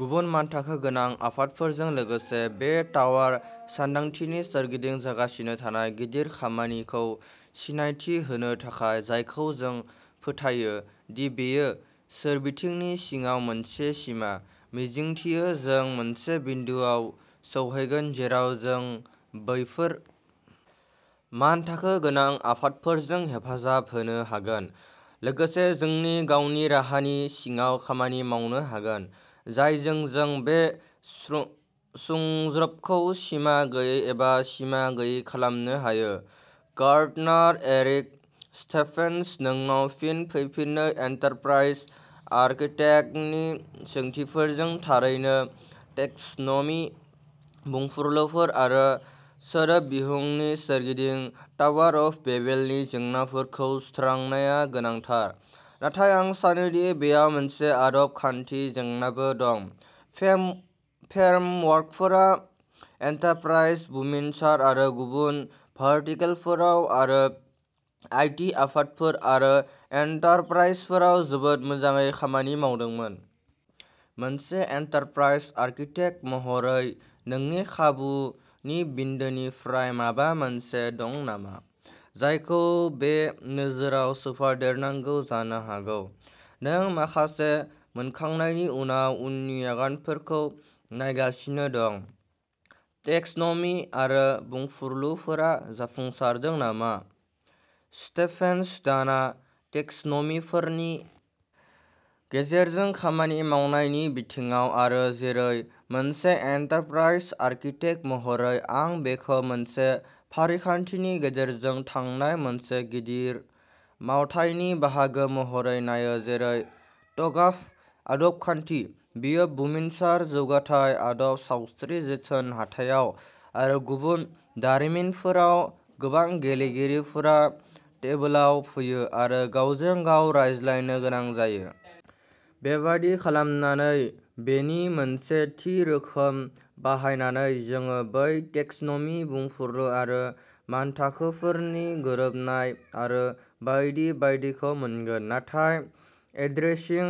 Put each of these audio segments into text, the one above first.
गुबुन मानथाखो गोनां आफादफोरजों लोगोसे बे टावार सानदांथिनि सोरगिदिं जागासिनो थानाय गिदिर खामानिखौ सिनायथि होनो थाखाय जायखौ जों फोथायो दि बेयो सोरबिथिंनि सिङाव मोनसे सिमा। मिजिंथियो जों मोनसे बिन्दोआव सौहैगोन जेराव जों बैफोर मानथाखो गोनां आफादफोरजों हेफाजाब होनो हागोन। लोगोसे जोंनि गावनि राहानि सिङाव खामानि मावनो हागोन जायजों जों बे सुंज्रोबखौ सिमा गैयै एबा सिमा गैयै खालामनो हायो गार्डनार एरिक स्टेफेनस नोंनाव फिन फैफिनो एन्टारप्राइज आर्किटेक्टनि सोंथिफोरजों थारैनो टेक्स'न'मि बुंफुरलुफोर आरो सोदोब बिहुंनि सोरगिदिं टावार अफ बेबेलनि जेंनाफोरखौ सुस्रांनाया गोनांथार, नाथाय आं सानो दि बेयाव मोनसे आदब खान्थि जेंनाबो दं। पेम फ्रेमवर्कफोरा एन्टारप्राइज बुमिनसार आरो गुबुन भार्टिकेलफोराव आरो आईटी आफादफोर आरो एन्टारप्राइजफोराव जोबोद मोजाङै खामानि मावदोंमोन। मोनसे एन्टारप्राइज आर्किटेक्ट महरै नोंनि खाबुनि बिन्दोनिफ्राय माबा मोनसे दं नामा? जायखौ बे नोजोरआव सोफादेरनांगौ जानो हागौ नों माखासे मोनखांनायनि उनाव उननि आगानफोरखौ नायगासिनो दं। टेक्स'नमि आरो बुंफुरलुफोरा जाफुंसारदों नामा स्टेफेनस डाना टेक्स'नमिफोरनि गेजेरजों खामानि मावनायनि बिथिङाव आरो जेरै मोनसे एन्टारप्राइज आर्किटेक्ट महरै आं बेखौ मोनसे फारिखान्थिनि गेजेरजों थांनाय मोनसे गिदिर मावथायनि बाहागो महरै नायो जेरै ट'गाफ आदबखान्थि बेयो बुमिनसार जौगाथाय आदब सावस्रि जोथोन हाथायाव आरो गुबुन दारिमिनफोराव गोबां गेलेगिरिफोरा टेबोलाव फैयो आरो गावजों गाव रायज्लायनो गोनां जायो। बेबादि खालामनानै बेनि मोनसे थि रोखोम बाहायनानै जोङो बै टेक्स'नमि बुंफुरलु आरो मानथाखोफोरनि गोरोबनाय आरो बायदि बायदिखौ मोनगोन। नाथाय एड्रेसिं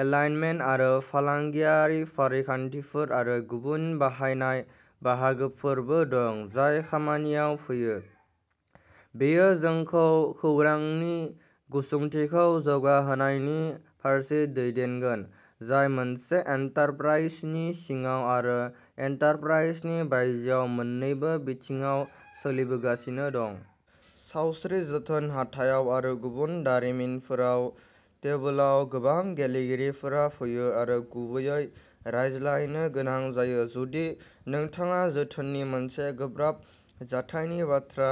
एलाइनमेन्ट आरो फालांगियारि फारिखान्थिफोर आरो गुबुन बाहायनाय बाहागोफोरबो दं जाय खामानियाव फैयो। बेयो जोंखौ खौरांनि गुसुंथिखौ जौगाहोनायनि फारसे दैदेनगोन जाय मोनसे एन्टारप्राइजनि सिङाव आरो एन्टारप्राइजनि बायजोआव मोननैबो बिथिङाव सोलिबोगासिनो दं। सावस्रि जोथोन हाथायाव आरो गुबुन दारिमिनफोराव टेबोलाव गोबां गेलेगिरिफोरा फैयो आरो गुबैयै रायज्लायनो गोनां जायो जुदि नोंथाङा जोथोननि मोनसे गोब्राब जाथायनि बाथ्रा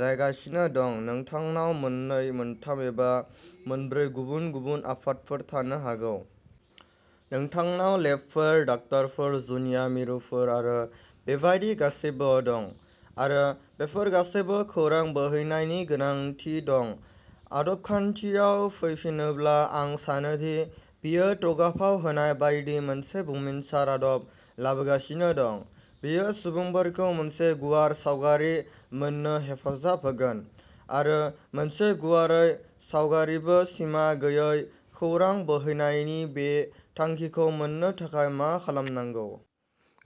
रायगासिनो दं नोंथांनाव मोननै मोनथाम एबा मोनब्रै गुबुन गुबुन आफादफोर थानो हागौ। नोंथांनाव लेबफोर डक्टरफोर जुनिया मिरुफोर आरो बेबादि गासैबो दं आरो बेफोर गासैबो खौरां बोहैनायनि गोनांथि दं आदबखान्थियाव फैफिनोब्ला आं सानो दि बेयो ट'गाफआव होनाय बायदि मोनसे बुमिनसार आदब लाबोगासिनो दं। बेयो सुबुंफोरखौ मोनसे गुवार सावगारि मोननो हेफाजाब होगोन आरो मोनसे गुवारै सावगारिबो सिमा गैयै खौरां बोहैनायनि बे थांखिखौ मोन्नो थाखाय मा खालामनांगौ।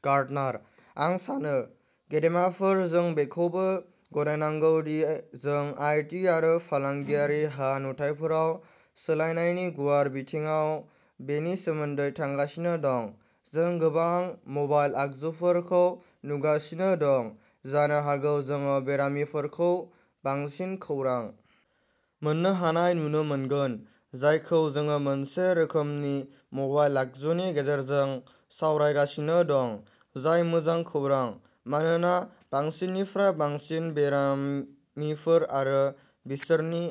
गार्डनार आं सानो गेदेमाफोर जों बेखौबो गनायनांगौ दि जों आईटी आरो फालांगियारि हा नुथाइफोराव सोलायनायनि गुवार बिथिङाव बेनि सोमोन्दै थांगासिनो दं। जों गोबां मबाइल आगजुफोरखौ नुगासिनो दं जानो हागौ जों बेरामिफोरखौ बांसिन खौरां मोन्नो हानाय नुनो मोनगोन जायखौ जों मोनसे रोखोमनि मबाइल आगजुनि गेजेरजों सावरायगासिनो दं जाय मोजां खौरां। मानोना बांसिननिफ्राय बांसिन बेरामिफोर आरो बिसोरनि